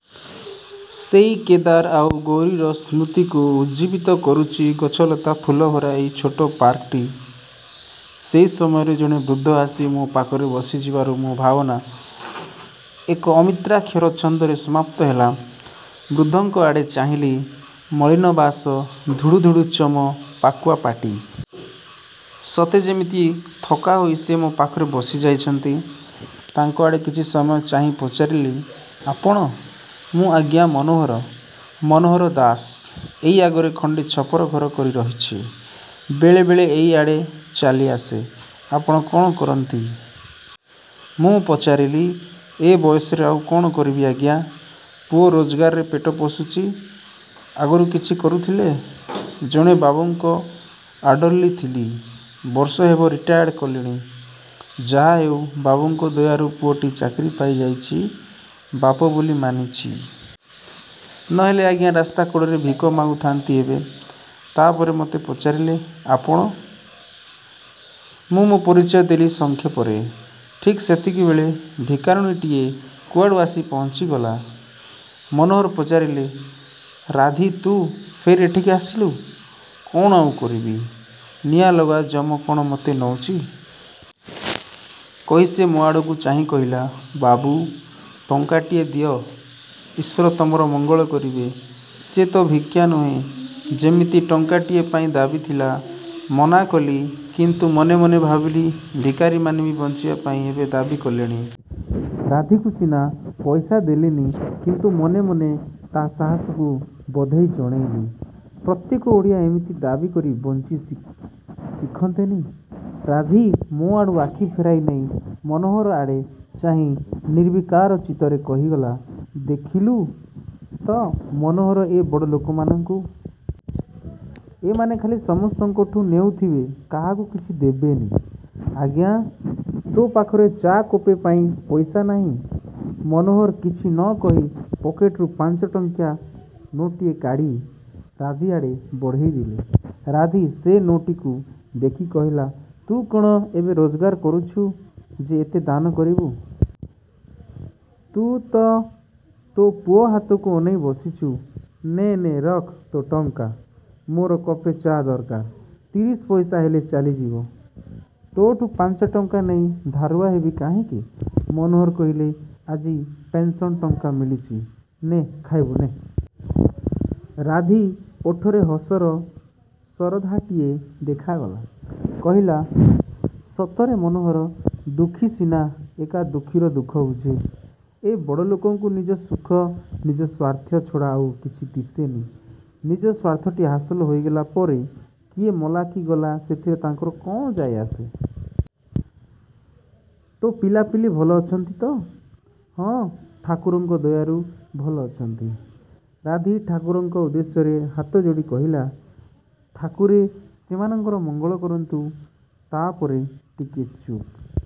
ସେଇ କେଦାର ଆଉ ଗୌରୀର ସ୍ମୃତିକୁ ଉଦ୍ଜୀବିତ କରୁଛି ଗଛଲତା ଫୁଲ ଭରା ଏଇ ଛୋଟ ପାର୍କଟି। ସେଇ ସମୟରେ ଜଣେ ବୃଦ୍ଧ ଆସି ମୋ' ପାଖରେ ବସି ଯିବାରୁ ମୋ' ଭାବନା ଏକ ଅମିତ୍ରାକ୍ଷର ଛନ୍ଦରେ ସମାପ୍ତ ହେଲା। ବୃଦ୍ଧଙ୍କ ଆଡ଼େ ଚାହିଁଲି। ମଳିନ ବାସ, ଧୁଡ଼ୁ ଧୁଡ଼ୁ ଚମ, ପାକୁଆ ପାଟି। ସତେ ଯେମିତି ଥକା ହୋଇ ସେ ମୋ' ପାଖରେ ବସି ଯାଇଛନ୍ତି। ତାଙ୍କ ଆଡ଼େ କିଛି ସମୟ ଚାହିଁ ପଚାରିଲି-ଆପଣ? 'ମୁଁ ଆଜ୍ଞା ମନୋହର ମନୋହର ଦାସ। ଏଇ ଆଗରେ ଖଣ୍ଡେ ଛପର ଘର କରି ରହିଛି। ବେଳେବେଳେ ଏଇ ଆଡ଼େ ଚାଲି ଆସେ। ଆପଣ କ'ଣ କରନ୍ତି? -ମୁଁ ପଚାରିଲି। 'ଏ ବୟସରେ ଆଉ କ'ଣ କରିବି ଆଜ୍ଞା; ପୁଅ ରୋଜଗାରରେ ପେଟ ପୋଷୁଛି। ' ଆଗରୁ କିଛି କରୁଥିଲେ? ଜଣେ ବାବୁଙ୍କ ଅଡ଼ର୍ଲି ଥିଲି। ବର୍ଷ ହେବ ରିଟାୟାର୍ଡ଼ କଲିଣି। ଯାହା ହେଉ ବାବୁଙ୍କ ଦୟାରୁ ପୁଅଟି ଚାକିରି ପାଇଯାଇଛି। ବାପ ବୋଲି ମାନିଛି। ନ ହେଲେ ଆଜ୍ଞା ରାସ୍ତା କଡ଼ରେ ଭିକ ମାଗୁଥାନ୍ତି ଏବେ। ତା'ପରେ ମୋତେ ପଚାରିଲେ-ଆପଣ? ମୁଁ ମୋ' ପରିଚୟ ଦେଲି ସଂକ୍ଷେପରେ। ଠିକ୍ ସେତିକିବେଳେ ଭିକାରୁଣୀଟିଏ କୁଆଡ଼ୁ ଆସି ପହଞ୍ଚି ଗଲା। ମନୋହର ପଚାରିଲେ-ରାଧି ତୁ ଫେର୍ ଏଠିକି ଆସିଲୁ? 'କ'ଣ ଆଉ କରିବି? ନିଆଁ ଲଗା ଯମ କ'ଣ ମୋତେ ନଉଛି। ' କହି ସେ ମୋ' ଆଡ଼କୁ ଚାହିଁ କହିଲା-ବାବୁ, ଟଙ୍କାଟିଏ ଦିଅ। ଈଶ୍ୱର ତମର ମଙ୍ଗଳ କରିବେ। ସେ ତ ଭିକ୍ଷା ନୁହେଁ, ଯେମିତି ଟଙ୍କାଟିଏ ପାଇଁ ଦାବୀ ଥିଲା। ମନା କଲି; କିନ୍ତୁ ମନେ ମନେ ଭାବିଲି ଭିକାରୀମାନେ ବି ବଞ୍ଚିବା ପାଇଁ ଏବେ ଦାବୀ କଲେଣି। ରାଧିକୁ ସିନା। ପଇସା ଦେଲିନି, କିନ୍ତୁ ମନେ ମନେ ତା' ସାହସକୁ ବଧେଇ ଜଣେଇଲି। ପ୍ରତ୍ୟେକ ଓଡ଼ିଆ ଏମିତି ଦାବୀ କରି ବଞ୍ଚି ଶିଖନ୍ତେନି? ରାଧି ମୋ' ଆଡ଼ୁ ଆଖି ଫେରାଇ ନେଇ ମନୋହର ଆଡ଼େ ଚାହିଁ ନିର୍ବିକାର ଚିତ୍ତରେ କହିଗଲା-ଦେଖିଲୁ ତ ମନୋହର ଏ ବଡ଼ ଲୋକମାନଙ୍କୁ। ଏ ମାନେ ଖାଲି ସମସ୍ତଙ୍କଠୁଁ ନେଉଥିବେ କାହାକୁ କିଛି ଦେବେନି। ଆଜ୍ଞା, ତୋ' ପାଖରେ ଚା' କପେ ପାଇଁ ପଇସା ନାହିଁ? ମନୋହର କିଛି ନ କହି ପକେଟରୁ ପାଞ୍ଚଟଙ୍କିଆ ନୋଟ୍ଟିଏ କାଢ଼ି ରାଧି ଆଡ଼େ ବଢ଼େଇ ଦେଲେ। ରାଧି ସେ ନୋଟ୍ଟିକୁ ଦେଖି କହିଲା-ତୁ କ'ଣ ଏବେ ରୋଜଗାର କରୁଛୁ ଯେ ଏତେ ଦାନ କରିବୁ? ତୁ ତ ତୋ' ପୁଅ ହାତକୁ ଅନେଇ ବସିଛୁ। ନେ, ନେ ରଖ ତୋ' ଟଙ୍କା। ମୋର କପେ ଚା' ଦରକାର। ତିରିଶି ପଇସା ହେଲେ ଚାଲିଯିବ। ତୋ' ଠୁଁ ପାଞ୍ଚଟଙ୍କା ନେଇ ଧାରୁଆ ହେବି କାହିଁକି? ମନୋହର କହିଲେ-ଆଜି ପେନ୍ସନ୍ ଟଙ୍କା ମିଳିଛି। ନେ, ଖାଇବୁ ନେ। ରାଧି ଓଠରେ ହସର ସରଧାଟିଏ ଦେଖାଗଲା। କହିଲା-ସତରେ ମନୋହର, ଦୁଃଖୀ ସିନା ଏକା ଦୁଃଖୀର ଦୁଃଖ ବୁଝେ। ଏ ବଡ଼ଲୋକଙ୍କୁ ନିଜ ସୁଖ, ନିଜ ସ୍ଵାର୍ଥ ଛଡ଼ା ଆଉ କିଛି ଦିଶେନି। ନିଜ ସ୍ୱାର୍ଥଟି ହାସଲ ହୋଇଗଲାପରେ କିଏ ମଲା କି ଗଲା ସେଥିରେ ତାଙ୍କର କ'ଣ ଯାଏ ଆସେ? ତୋ' ପିଲାପିଲି ଭଲ ଅଛନ୍ତି ତ? 'ହଁ, ଠାକୁରଙ୍କ ଦୟାରୁ ଭଲ ଅଛନ୍ତି। ରାଧି ଠାକୁରଙ୍କ ଉଦ୍ଦେଶ୍ୟରେ ହାତ ଯୋଡ଼ି କହିଲା-ଠାକୁରେ ସେମାନଙ୍କର ମଙ୍ଗଳ କରନ୍ତୁ। ତା'ପରେ ଟିକିଏ ଚୁପ୍